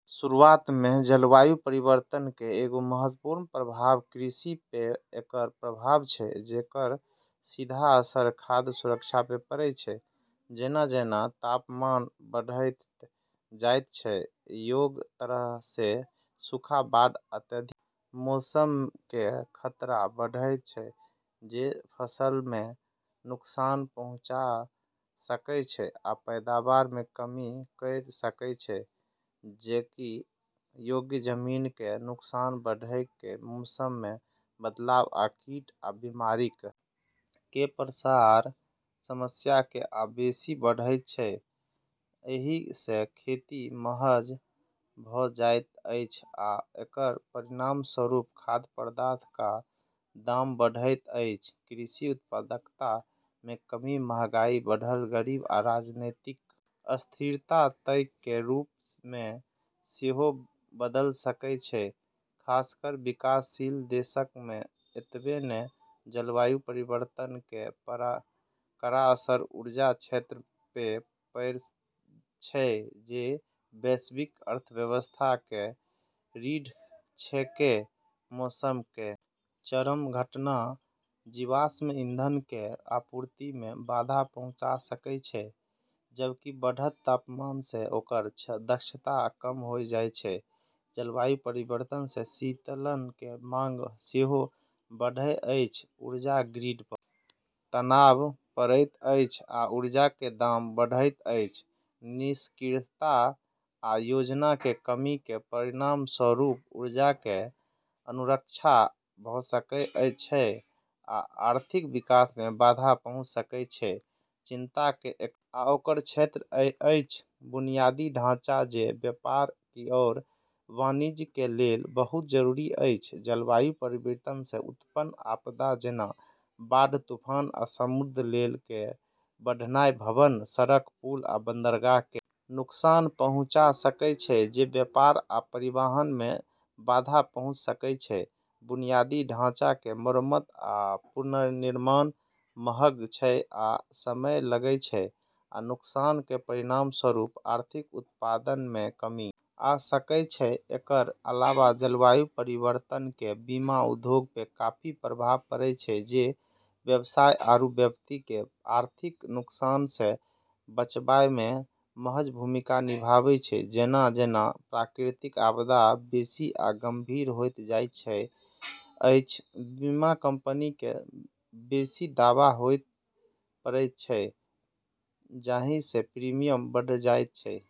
शुरूआत मे जलवायु परिवर्तन केरऽ एगो महत्वपूर्ण प्रभाव कृषि पे एकरऽ प्रभाव छै जेकरऽ सीधा असर खाद्य सुरक्षा पे पड़ै छै जेना-जेना तापमान बढ़एयत जायत छै, ओय तरह सं सूखा, बाढ़ आ अत्यधिक मौसम कें खतरा बढ़एयत छै जे फसलक कें नुकसान पहुंचा सकएय छै आ पैदावार मे कमी कयर सकएय छै, खेती योग्य जमीन कें नुकसान बढ़य कें मौसम मे बदलाव आ कीट आ बीमारियक कें प्रसार समस्या कें आ बेसि बढ़ाबैत छै, एहि स खेती महग भ जाइत अछि आ एकर परिणामस्वरूप खाद्य पदार्थ क दाम बढ़ैत अछि, कृषि उत्पादकता मे कमी महंगाई, बढ़ल गरीबी आ राजनीतिक अस्थिरता तइक कें रूप मे सेहो बदल सकय छै, खासकर विकासशील देशक मे एतबे नै जलवायु परिवर्तन केरऽ कड़ा असर ऊर्जा क्षेत्र पे पड़ै छै जे वैश्विक अर्थव्यवस्था केरऽ रीढ़ छेकै, मौसम केरऽ चरम घटना जीवाश्म ईंधन केरऽ आपूर्ति मे बाधा पहुँचा सकै छै, जबकि बढ़तऽ तापमान से ओकरऽ दक्षता कम होय जाय छै, जलवायु परिवर्तन सं शीतलन के मांग सेहो बढ़ैत अछि, ऊर्जा ग्रिड पर तनाव पड़ैत अछि आ ऊर्जा के दाम बढ़ैत अछि, निष्क्रियता आ योजना कें कमी कें परिणामस्वरूप ऊर्जा कें असुरक्षा भ सकय छै आ आर्थिक विकास मे बाधा पहुंच सकय छै, चिंता के एकटा आओर क्षेत्र अछि बुनियादी ढांचा जे व्यापार आओर वाणिज्य के लेल बहुत जरूरी अछि, जलवायु परिवर्तन सं उत्पन्न आपदा जेना बाढ़, तूफान आ समुद्र तल कें बढ़नाय भवन, सड़क, पुल आ बंदरगाह कें नुकसान पहुंचा सकएय छै जे व्यापार आ परिवहन मे बाधा पहुंचा सकएय छै, बुनियादी ढाँचा कें मरम्मत आ पुनर्निर्माण महग छै आ समय लगै छै आ नुकसान कें परिणामस्वरूप आर्थिक उत्पादन मे कमी आ सकय छै, एकरऽ अलावा जलवायु परिवर्तन केरऽ बीमा उद्योग पे काफी प्रभाव पड़ै छै जे व्यवसाय आरू व्यक्ति के आर्थिक नुकसान से बचाबै मे अहम भूमिका निभाबै छै जेना-जेना प्राकृतिक आपदा बेसी आ गंभीर होइत जाइत अछि, बीमा कंपनी कें बेसी दावा देबय पड़ैत छैक जाहि सं प्रीमियम बढ़ि जाइत छैक।